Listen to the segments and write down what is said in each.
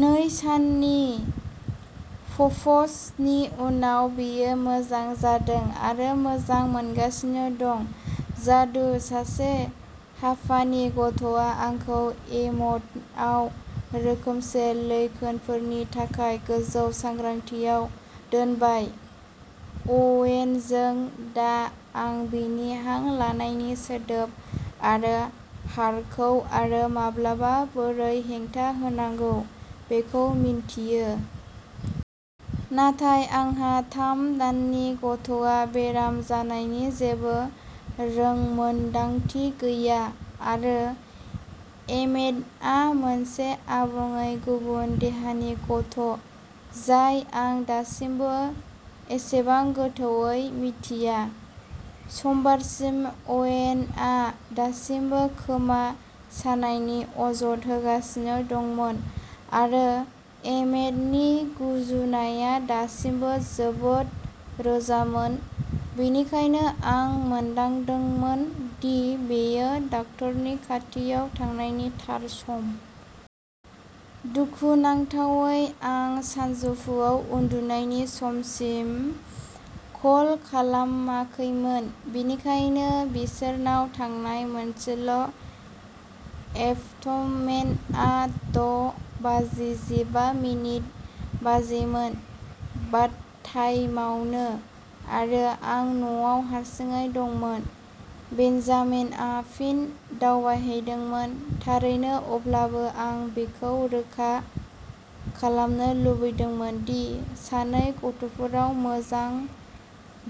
नै साननि "पफ्स" नि उनाव, बियो मोजां जादों आरो मोजां मोनगासिनो दं। जादु! सासे हापानि गथ'आ आंखौ एमटआव रोखोमसे लैखोनफोरनि थाखाय गोजौ सांग्रांथिआव दोनबाय। अवेनजों, दा आं बिनि हां लानायनि सोदोब आरो हारखौ आरो माब्लाबा बोरै हेंथा होनांगौ बेखौ मिन्थियो। नाथाय आंहा थाम दाननि गथ'आ बेराम जानायनि जेबो रोंमोनदांथि गैया, आरो एमेटआ मोनसे आबुङै गुबुन देहानि गथ' जाय आं दासिमबो एसेबां गोथौवै मिथिया। समबारसिम अवेनआ दासिमबो खोमा सानायनि अजद होगासिनो दंमोन आरो एमेटनि गुजुनाया दासिमबो जोबोद रोजामोन, बेनिखायनो आं मोनदांदोंमोन दि बेयो डाक्टरनि खाथियाव थांनायनि थार सम। दुखुनांथावै आं सानजौफुआव उन्दुनायनि समसिम कल खालामाखैमोन, बेनिखायनो बिसोरनाव थांनाय मोनसेल' एपट'मेन्टआ द' बाजि जिबा मिनिट बाजिमोन। बाथटाइमावनो आरो आं न'आव हारसिङै दंमोन। बेन्जामिनआ फिन दावबायहैदोंमोन। थारैनो अब्लाबो, आं बेखौ रोखा खालामनो लुबैदोंमोन दि सानै गथ'फोरा मोजां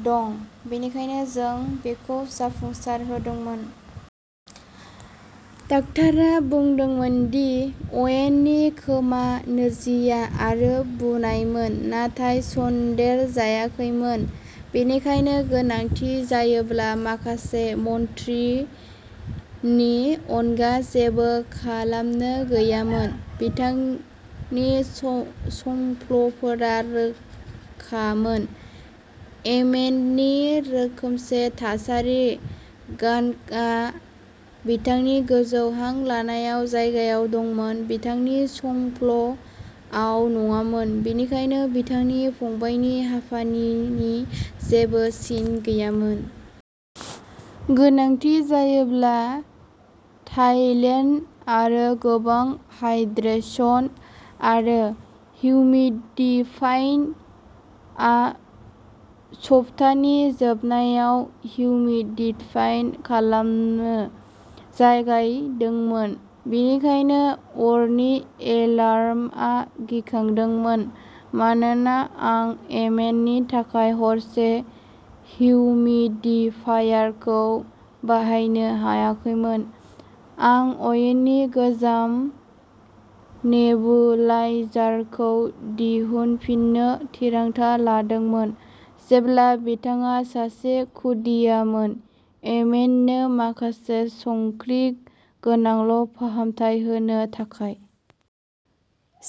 दं, बेनिखायनो जों बेखौ जाफुंसारहोदोंमोन। डाक्टारा बुंदोंमोन दि अवेननि खोमा नोरजिया आरो बुनायमोन नाथाय सन्देरजायाखैमोन, बेनिखायनो गोनांथि जायोब्ला माखासे मन्ट्रिनि अनगा जेबो खालामनो गैयामोन। बिथांनि सं संफ्ल'फोरा रोखामोन। एमेन्टनि रोखोमसे थासारि गान्कआ बिथांनि गोजौ हां लानायाव जायगायाव दंमोन, बिथांनि संफ्ल'आव नङामोन, बेनिखायनो बिथांनि फंबायनि हापानिनि जेबो सिन गैयामोन। गोनांथि जायोब्ला टाइलेन आरो गोबां हाइड्रेशन आरो हिउमिडिफाइं। आ सप्तानि जोबनायाव हिउमिडिफाइं खालामनो जागायदोंमोन, बेनिखायनो अरनि एलार्मआ गिखांदोंमोन। मानोना आं एमेन्टनि थाखाय हरसे हिउमिडिफायारखौ बाहायनो हायाखैमोन, आं अवेननि गोजाम नेबुलाइजारखौ दिहुनफिननो थिरांथा लादोंमोन जेब्ला बिथाङा सासे खुदियामोन एमेन्टनो माखासे संख्रि गोनांल' फाहामथाय होनो थाखाय।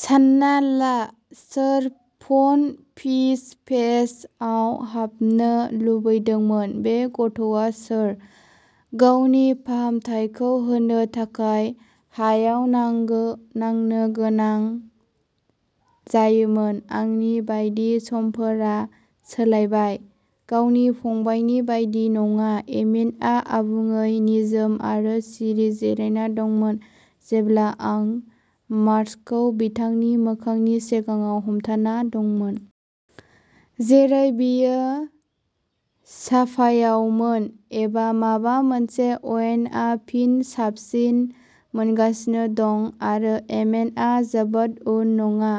सान्ना ला सोर "फन फिश फेस" आव हाबनो लुबैदोंमोन? बे गथ'आ सोर? गावनि फाहामथायखौ होनो थाखाय हायाव नांगो नांनो गोनां जायोमोन। आंनि बायदि समफोरा सोलायबाय। गावनि फंबायनि बायदि नङा, एमेन्टआ आबुङै निजोम आरो सिरि जिरायना दंमोन जेब्ला आं मार्सखौ बिथांनि मोखांनि सिगाङाव हमथाना दंमोन। जेरै बियो सापायावमोन एबा माबा मोनसे। अवेनआ फिन साबसिन मोनगासिनो दं आरो एमेनआ जोबोद उन नङा।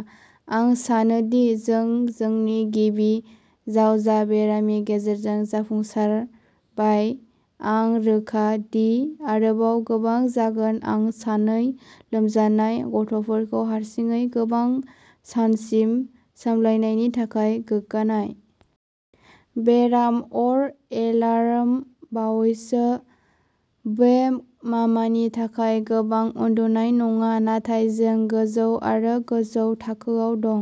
आं सानोदि जों जोंनि गिबि जावजा बेरामनि गेजेरजों जाफुंसारबाय। आं रोखा दि आरोबाव गोबां जागोन, आं सानै लोमजानाय गथ'फोरखौ हारसिङै गोबां सानसिम सामलायनायनि थाखाय गोग्गानाय। बेराम अर एलार्म बावैसो बे मामानि थाखाय गोबां उन्दुनाय नङा, नाथाय जों गोजौ आरो गोजौ थाखोआव दं।